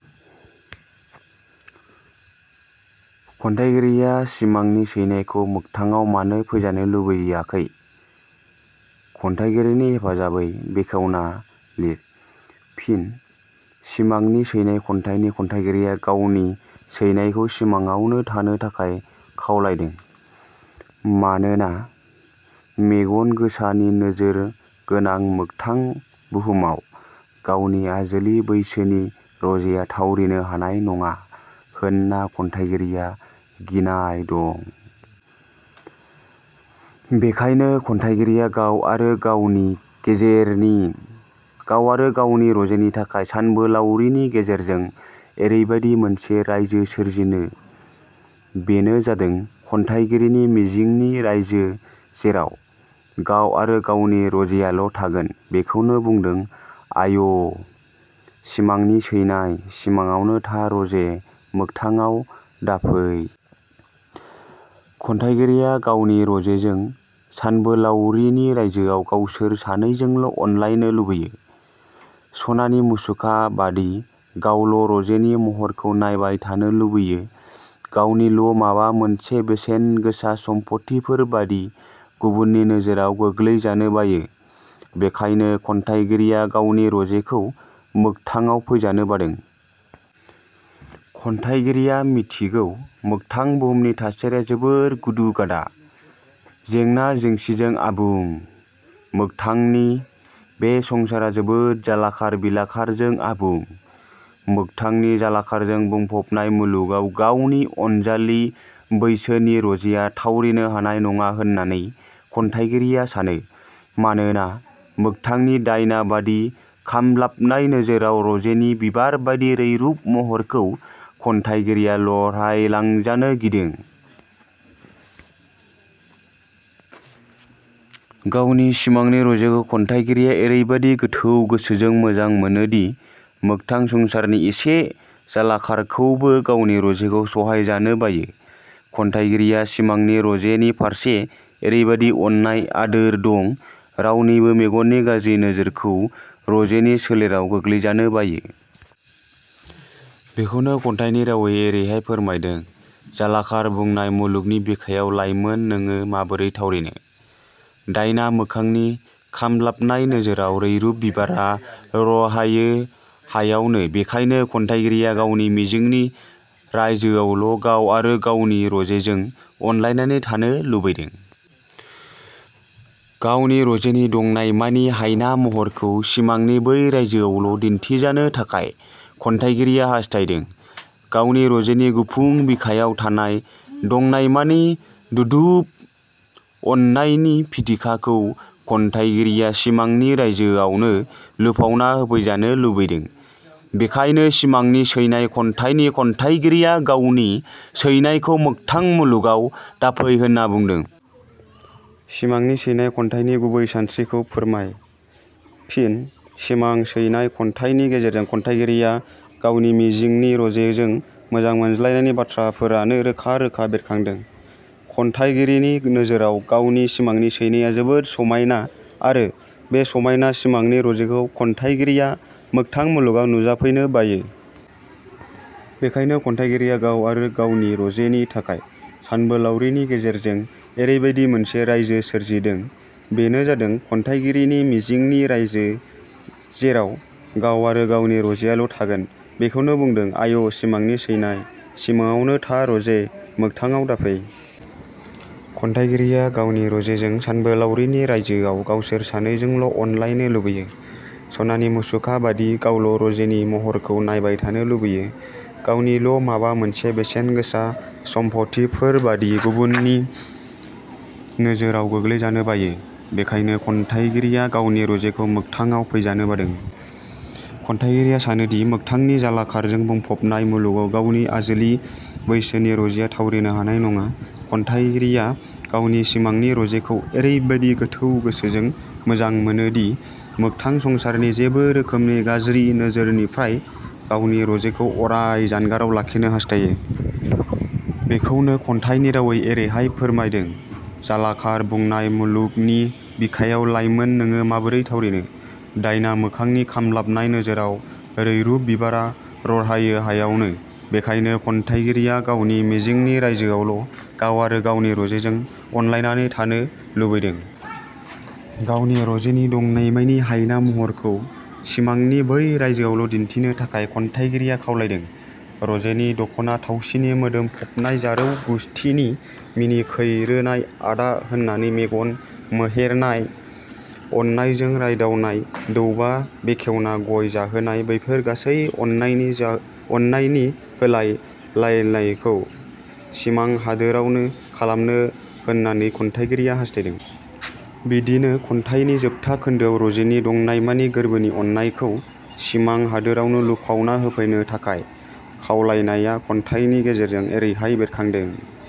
"एबा" खन्थाइगिरिया सिमांनि सैनायखौ मोगथाडाव मानो फैजानो लुबैयाखै? खन्थाइनि हेफाजाबै बेखावना लिए। फिनः 'सिमांनि सैनाय' खन्थाइनि खन्थाइगिरिया गावनि सैनायखौ सिमाङावनो थानो थाखाय खावलायदों। मानोना मेगन गोसानि नोजोर गोनां मोगथां बुहुमाव गावनि आजोलि बैसोनि रजेया थावरिनो हानाय नङा होनना खन्थाइगिरिया गिनाय दं। बेखायनो खन्थाइगिरिया गाव आरो गावनि रजेनि थाखाय सानबोलावरिनि गेजेरजों एरैबादि मोनसे रायजो सोरजिदों, बेनो जादों खन्थाइगिरिनि मिजिंनि रायजो जेराव गाव आरो गावनि रजेयाल' थागोन। बेखौनो बुंदों- आय! सिमांनि सैनाय, – सिमाङावनो था रजे मोगथाङाव दाफै। खन्थाइगिरिया गावनि रजेजों सानबोलावरिनि रायजोआव गावसोर सानैजोंल' अनलायनो लुबैयो, सनानि मुसुखा बादि गावल' रजेनि महरखौ नायबाय थानो लुबैयो, गावनिल' माबा मोनसे बेसेन गोसा सम्फथिफोरबादि गुबुननि नोजोराव गोग्लैजानो बायो। बेखायनो खन्थाइगिरिया गावनि रजेखौ मोगथाडाव फैजानो बादों। खन्थाइगिरिया मिथिगौ मोगथां बुहुमनि थासारिया जोबोद गुदु-गादा, जेंना-जेंसिजों आबुं। मोगथांनि बे संसारा जोबोद जालाखार बिलाखारजों आबुं। मोगथांनि जालाखारजों बुंफबनाय मुलुगाव गावनि आजोलि बैसोनि रजेया थावरिनो हानाय नङा होननानै खन्थाइगिरिया सानो। मानोना मोगथांनि दायना बादि खामग्लाबनाय नोजोराव रजेनि बिबारबादि रैरुब महरखौ खन्थाइगिरिया लरहायलांजानो गिदों। गावनि सिमांनि रजेखौ खन्थाइगिरिया एरैबादि गोथौ गोसोजों मोजां मोनोदि मोगथां संसारनि इसे जारलाखौबो गावनि रजेखौ सहायजानो बायो। खन्थाइगिरिया सिमांनि रजेनि फारसे एरैबादि अननाय आदोर दं रावनिबो मेगननि गाज्रि नोजोरखौ रजेनि सोलेराव गोग्लैजानो बायो। बेखौनो खन्थाइनि रावै एरैहाय फोरमायदों- जालाखार बुंनाय मुलुंगनि बिखायाव लाइमोन नोडो माबोरै थावरिनो? दायना मोखांनि खामद्लाबनाय नोजोराव रैरुब बिबारा रहायो हायावनो। बेखायनो, खन्थाइगिरिया गावनि मिजिंनि रायजोआवल' गाव आरो गावनि रजेजों अनलायनानै थानो लुबैदों। गावनि रजेनि दंनायमानि हायना महरखौ सिमांनि बै रायजोआवल' दिन्थिजानो थाखाय खन्थाइगिरिया हास्थायदों। गावनि रजेनि गुफुं बिखायाव थानाय दंनायमानि दुबुद अननायनि फिथिखाखौ खन्थाइगिरिया सिमांनि रायजोआवनो लुफावना होफैजानो लुबैदों। बेखायनो सिमांनि सैनाय खन्याइनि खन्थाइगिरिया गावनि सैनायखौ मोगथां मुलुगाव दाफै होनना बुंदों।. सिमांनि सैनाय' खन्थाइनि गुबै सानस्रिखौ फोरमाय? फिनः 'सिमां सैनाय' खन्थाइनि गेजेरजों खन्थाइगिरिया गावनि मिजिंनि रजेजों मोजां मोनलायनायनि बाथ्राफोरानो रोखा रोखा बेरखांदों। खन्थाइगिरिनि नोजोराव गावनि सिमांनि सैनाया जोबोद समायना आरो बे समायना सिमांनि रजेखौ खन्थाइगिरिया मोगथां मुलुगाव फैजानो बायो। बेखायनो खन्थाइगिरिया गाव आरो गावनि रजेनि थाखाय सानबोलावरिनि गेजेरजों एरैबादि मोनसे रायजो सोरजिदों, बेनो जादों खन्थाइगिरिनि मिजिंनि रायजो जेराव गाव आरो गावनि रजेयाल' थागोन। बेखौनो बुंदों- आय! सिमांनि सैनाय, – सिमाङावनो था रजे मोगथाङाव दाफै। खन्थाइगिरिया गावनि रजेजों सानबोलावरिनि रायजोआव गावसोर 'सानैजोंल' अनलायनो लुबैयो, सनानि मुसुखा बादि गावल' रजेनि महरखौ नायबाय थानो लुबैयो, गावनिल' माबा मोनसे बेसेन गोसा सम्फथिफोरबादि गुबुननि नोजोराव गोग्लैजानो बायो। बेखायनो खन्थाइगिरिया गावनि रजेखौ मोगथाडाव फैजानो बादों। खन्थाइगिरिया सानोदि मोगथांनि जालाखारजों बुंफबनाय मुलुगाव गावनि आजोलि बैसोनि रजेया थावरिनो हानाय नङा। खन्थाइगिरिया गावनि सिमांनि रजेखौ एरैबादि गोथौ गोसोजों मोजां मोनोदि मोगथां संसारनि जेबो रोखोमनि गाज्रि नोजोरनिफ्राय गावनि रजेखौ अराय जानगाराव लाखिनो हास्थायो। बेखौनो खन्थाइनि रावै एरैहाय फोरमायदों- जालाखार बुंनाय मुलुगनि बिखायाव लाइमोन 'नोङो माबोरै थावरिनो? दायना मोखांनि खामलाबनाय नोजोराव रैरुब बिबारा रहायनो हायावनो। बेखायनो खन्थाइगिरिया गावनि मिजिंनि रायजोआवल' गाव आरो गावनि रजेजों अनलायनानै थानो लुबैदों। गावनि रजेनि दंनायमानि हायना महरखौ सिमांनि बै रायजोआवल' दिन्थिनो थाखाय खन्थाइगिरिया – खावलायदों। रजेनि दखना थावसिनि मोदोमफबनाय, जारौ गुस्थिनि मिनिखैरोनाय, आदा होननानै मेगन मोहेरना अननायजों रायदावनाय, दौबा बेखेवना गय जाहोनाय बेफोर गासै अननायनि होलाय लालायखौ सिमां हादोरावनो खालामनो होननानै खन्थाइगिरिया हास्थायदों। बिदिनो खन्थाइनि जोबथा खोन्दोआव रजेनि दंनायमानि गोरबोनि अननायखौ सिमां हादोरावनो लुफावना होफैनो थाखाय खावलायनाया खन्थाइनि गेजेरजों एरैहाय बेरखांदों-।